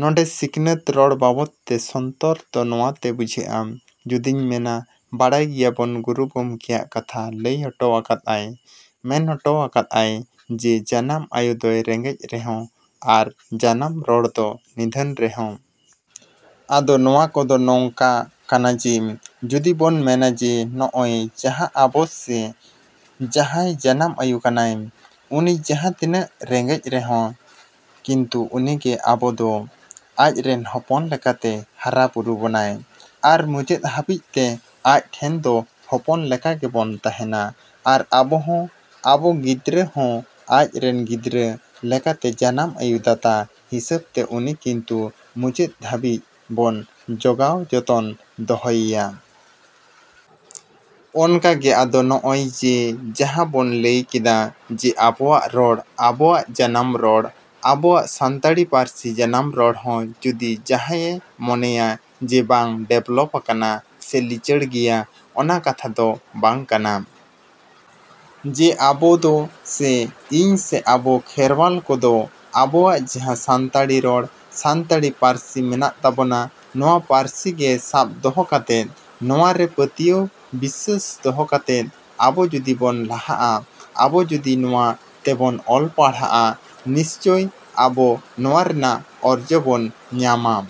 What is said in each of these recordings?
ᱱᱚᱸᱰᱮ ᱥᱤᱠᱷᱱᱟᱹᱛ ᱨᱚᱲ ᱵᱟᱵᱚᱫ ᱛᱮ ᱥᱚᱱᱛᱚᱨ ᱫᱚ ᱱᱚᱣᱟᱛᱮ ᱵᱩᱡᱷᱟᱹᱜᱼᱟ᱾ ᱡᱩᱫᱤᱧ ᱢᱮᱱᱟ, ᱵᱟᱲᱟᱭ ᱜᱮᱭᱟᱵᱚᱱ ᱜᱩᱨᱩ ᱜᱚᱢᱠᱮᱭᱟᱜ ᱠᱟᱛᱷᱟ ᱞᱟᱹᱭ ᱦᱚᱴᱚ ᱟᱠᱟᱫ ᱟᱭ, ᱢᱮᱱ ᱦᱚᱴᱚᱜ ᱟᱠᱟᱫ ᱟᱭ ᱡᱮ ᱡᱟᱱᱟᱢ ᱟᱭᱳ ᱫᱚᱭ ᱨᱮᱸᱜᱮᱡᱽ ᱨᱮᱦᱚᱸ ᱟᱨ ᱡᱟᱱᱟᱢ ᱨᱚᱲ ᱫᱚ ᱱᱤᱫᱷᱟᱹᱱ ᱨᱮᱦᱚᱸ᱾ ᱟᱫᱚ ᱱᱚᱣᱟ ᱠᱚᱫᱚ ᱱᱚᱝᱠᱟ ᱠᱟᱱᱟ ᱡᱮ ᱡᱩᱫᱤ ᱵᱚᱱ ᱢᱮᱱᱟ ᱡᱮ ᱱᱚᱜᱼᱚᱭ ᱡᱟᱦᱟᱸ ᱟᱵᱚ ᱥᱮ ᱡᱟᱦᱟᱸᱭ ᱡᱟᱱᱟᱢ ᱟᱹᱭᱩ ᱠᱟᱱᱟᱭ, ᱩᱱᱤ ᱡᱟᱦᱟᱸ ᱛᱤᱱᱟᱹᱜ ᱨᱮᱸᱜᱮᱡᱽ ᱨᱮᱦᱚᱸᱭ ᱠᱤᱱᱛᱩ ᱩᱱᱤᱜᱮ ᱟᱵᱚᱫᱚ ᱟᱪᱨᱮᱱ ᱦᱚᱯᱚᱱ ᱞᱮᱠᱟᱛᱮ ᱦᱟᱨᱟᱼᱵᱩᱨᱩ ᱵᱚᱱᱟᱭ ᱟᱨ ᱢᱩᱪᱟᱹᱫ ᱦᱟᱹᱵᱤᱡ ᱛᱮ ᱟᱡ ᱴᱷᱮᱱ ᱫᱚ ᱦᱚᱯᱚᱱ ᱞᱮᱠᱟ ᱜᱮᱵᱚᱱ ᱛᱟᱦᱮᱱᱟ ᱟᱨ ᱟᱵᱚᱦᱚᱸ ᱟᱵᱚ ᱜᱤᱫᱽᱨᱟᱹ ᱦᱚᱸ ᱟᱡ ᱨᱮᱱ ᱜᱤᱫᱽᱨᱟᱹ ᱞᱮᱠᱟᱛᱮ ᱡᱟᱱᱟᱢ ᱟᱹᱭᱩ ᱫᱟᱛᱟ ᱦᱤᱥᱟᱹᱵᱛᱮ ᱩᱱᱤ ᱠᱤᱱᱛᱩ ᱢᱩᱪᱟᱹᱫᱽ ᱫᱷᱟᱹᱵᱤᱡ ᱵᱚᱱ ᱡᱚᱜᱟᱣ ᱡᱚᱛᱚᱱ ᱫᱚᱦᱚᱭᱮᱭᱟ᱾ ᱚᱱᱠᱟᱜᱮ ᱟᱫᱚ ᱱᱚᱜᱼᱚᱭ ᱡᱮ ᱡᱟᱦᱟᱸ ᱵᱚᱱ ᱞᱟᱹᱭ ᱠᱮᱫᱟ ᱡᱮ ᱟᱵᱚᱣᱟᱜ ᱨᱚᱲ, ᱟᱵᱚᱣᱟᱜ ᱡᱟᱱᱟᱢ ᱨᱚᱲ, ᱟᱵᱚᱣᱟᱜ ᱥᱟᱱᱛᱟᱲᱤ ᱯᱟᱹᱨᱥᱤ ᱡᱟᱱᱟᱢ ᱨᱚᱲ ᱦᱚᱸ ᱡᱩᱫᱤ ᱡᱟᱦᱟᱸᱭᱮ ᱢᱚᱱᱮᱭᱟ ᱡᱮ ᱵᱟᱝ ᱰᱮᱵᱷᱞᱚᱯ ᱟᱠᱟᱱᱟ ᱥᱮ ᱞᱤᱪᱟᱹᱲ ᱜᱮᱭᱟ, ᱚᱱᱟ ᱠᱟᱛᱷᱟ ᱫᱚ ᱵᱟᱝ ᱠᱟᱱᱟ᱾ ᱡᱮ ᱟᱵᱚ ᱫᱚ ᱥᱮ ᱤᱧ ᱥᱮ ᱟᱵᱚ ᱠᱷᱮᱨᱣᱟᱞ ᱠᱚᱫᱚ ᱟᱵᱚᱣᱟᱜ ᱡᱟᱦᱟᱸ ᱥᱟᱱᱛᱟᱲᱤ ᱨᱚᱲ, ᱥᱟᱱᱛᱟᱲᱤ ᱯᱟᱹᱨᱥᱤ ᱢᱮᱱᱟᱜ ᱛᱟᱵᱳᱱᱟ, ᱱᱚᱣᱟ ᱯᱟᱹᱨᱥᱤᱜᱮ ᱥᱟᱵ ᱫᱚᱦᱚ ᱠᱟᱛᱮᱫ, ᱱᱚᱣᱟᱨᱮ ᱯᱟᱹᱛᱭᱟᱹᱣ ᱵᱤᱥᱥᱟᱹᱥ ᱫᱚᱦᱚ ᱠᱟᱛᱮᱫ ᱟᱵᱚ ᱡᱩᱫᱤ ᱵᱚᱱ ᱞᱟᱦᱟᱜᱼᱟ, ᱟᱵᱚ ᱡᱩᱫᱤ ᱱᱚᱣᱟ ᱛᱮᱵᱚᱱ ᱚᱞ ᱯᱟᱲᱦᱟᱜᱼᱟ, ᱱᱤᱥᱪᱳᱭ ᱟᱵᱚ ᱱᱚᱣᱟ ᱨᱮᱭᱟᱜ ᱚᱨᱡᱚ ᱵᱚᱱ ᱧᱟᱢᱟ᱾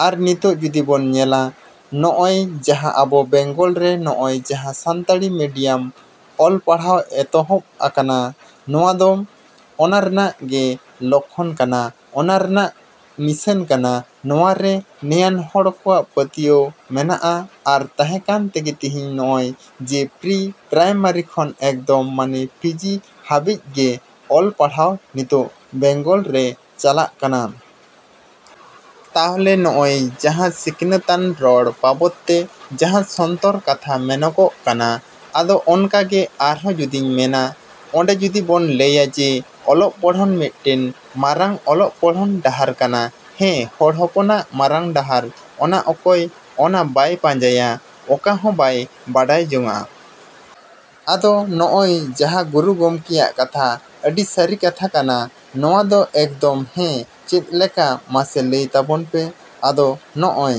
ᱟᱨ ᱱᱤᱛᱚᱜ ᱡᱩᱫᱤ ᱵᱚᱱ ᱧᱮᱞᱟ, ᱱᱚᱜᱼᱚᱭ ᱡᱟᱦᱟᱸ ᱟᱵᱚ ᱵᱮᱝᱜᱚᱞ ᱨᱮ ᱱᱚᱜᱼᱚᱭ ᱡᱟᱦᱟᱸ ᱥᱟᱱᱛᱟᱲᱤ ᱢᱤᱰᱤᱭᱟᱢ ᱚᱞᱯᱟᱲᱦᱟᱣ ᱮᱛᱦᱚᱵ ᱟᱠᱟᱱᱟ, ᱱᱚᱣᱟᱫᱚ ᱚᱱᱟ ᱨᱮᱱᱟᱜ ᱜᱮ ᱞᱚᱠᱠᱷᱚᱱ ᱠᱟᱱᱟ, ᱚᱱᱟ ᱨᱮᱱᱟᱜ ᱱᱤᱥᱟᱹᱱ ᱠᱟᱱᱟ᱾ ᱱᱚᱣᱟᱨᱮ ᱱᱮᱭᱟᱱ ᱦᱚᱲ ᱠᱚᱣᱟᱜ ᱯᱟᱹᱛᱭᱟᱹᱣ ᱢᱮᱱᱟᱜ ᱟ ᱟᱨ ᱛᱟᱦᱮᱸ ᱠᱟᱱ ᱛᱮᱜᱮ ᱛᱮᱦᱤᱧ ᱱᱚᱜᱼᱚᱭ ᱡᱮ ᱯᱨᱤ ᱯᱨᱟᱭᱢᱟᱨᱤ ᱠᱷᱚᱱ ᱮᱠᱫᱚᱢ ᱢᱟᱱᱮ ᱯᱤᱡᱤ ᱦᱟᱹᱵᱤᱡ ᱜᱮ ᱚᱞ ᱯᱟᱲᱦᱟᱣ ᱱᱤᱛᱚᱜ ᱵᱮᱝᱜᱚᱞ ᱨᱮ ᱪᱟᱞᱟᱜ ᱠᱟᱱᱟ᱾ ᱛᱟᱦᱞᱮ ᱱᱚᱜᱼᱚᱭ ᱡᱟᱦᱟᱸ ᱥᱤᱠᱷᱱᱟᱹᱛᱟᱱ ᱨᱚᱲ ᱵᱟᱵᱚᱫ ᱛᱮ ᱡᱟᱦᱟᱸ ᱥᱚᱱᱛᱚᱨ ᱠᱟᱛᱷᱟ ᱢᱮᱱᱚᱜᱚᱜ ᱠᱟᱱᱟ᱾ ᱟᱫᱚ ᱚᱱᱠᱟᱜᱮ ᱟᱨᱦᱚᱸ ᱡᱩᱫᱤᱧ ᱢᱮᱱᱟᱜ, ᱚᱸᱰᱮ ᱡᱩᱫᱤ ᱵᱚᱱ ᱞᱟᱹᱭᱟ ᱡᱮ ᱚᱞᱚᱜ ᱯᱚᱲᱦᱚᱱ ᱢᱤᱫᱴᱮᱱ ᱢᱟᱨᱟᱝ ᱚᱞᱚᱜ ᱯᱚᱲᱦᱚᱱ ᱰᱟᱦᱟᱨ ᱠᱟᱱᱟ, ᱦᱮᱸ ᱦᱚᱲ ᱦᱚᱯᱚᱱᱟᱜ ᱢᱟᱨᱟᱝ ᱰᱟᱦᱟᱨ ᱚᱱᱟ ᱚᱠᱚᱭ ᱚᱱᱟ ᱵᱟᱭ ᱯᱟᱸᱡᱟᱭᱟ, ᱚᱠᱟ ᱦᱚᱸ ᱵᱟᱭ ᱵᱟᱰᱟᱭ ᱡᱚᱝᱟ᱾ ᱟᱫᱚ ᱱᱚᱜᱚᱭ ᱡᱟᱦᱟᱸ ᱜᱩᱨᱩ ᱜᱚᱢᱠᱮᱭᱟᱜ ᱠᱟᱛᱷᱟ ᱟᱹᱰᱤ ᱥᱟᱹᱨᱤ ᱠᱟᱛᱷᱟ ᱠᱟᱱᱟ ᱱᱚᱣᱟᱫᱚ ᱮᱠᱫᱚᱢ ᱦᱮᱸ ᱪᱮᱫ ᱞᱮᱠᱟ ᱢᱟᱥᱮ ᱞᱟᱹᱭ ᱛᱟᱵᱚᱱ ᱯᱮ᱾ ᱟᱫᱚ ᱱᱚᱜᱼᱚᱭ᱾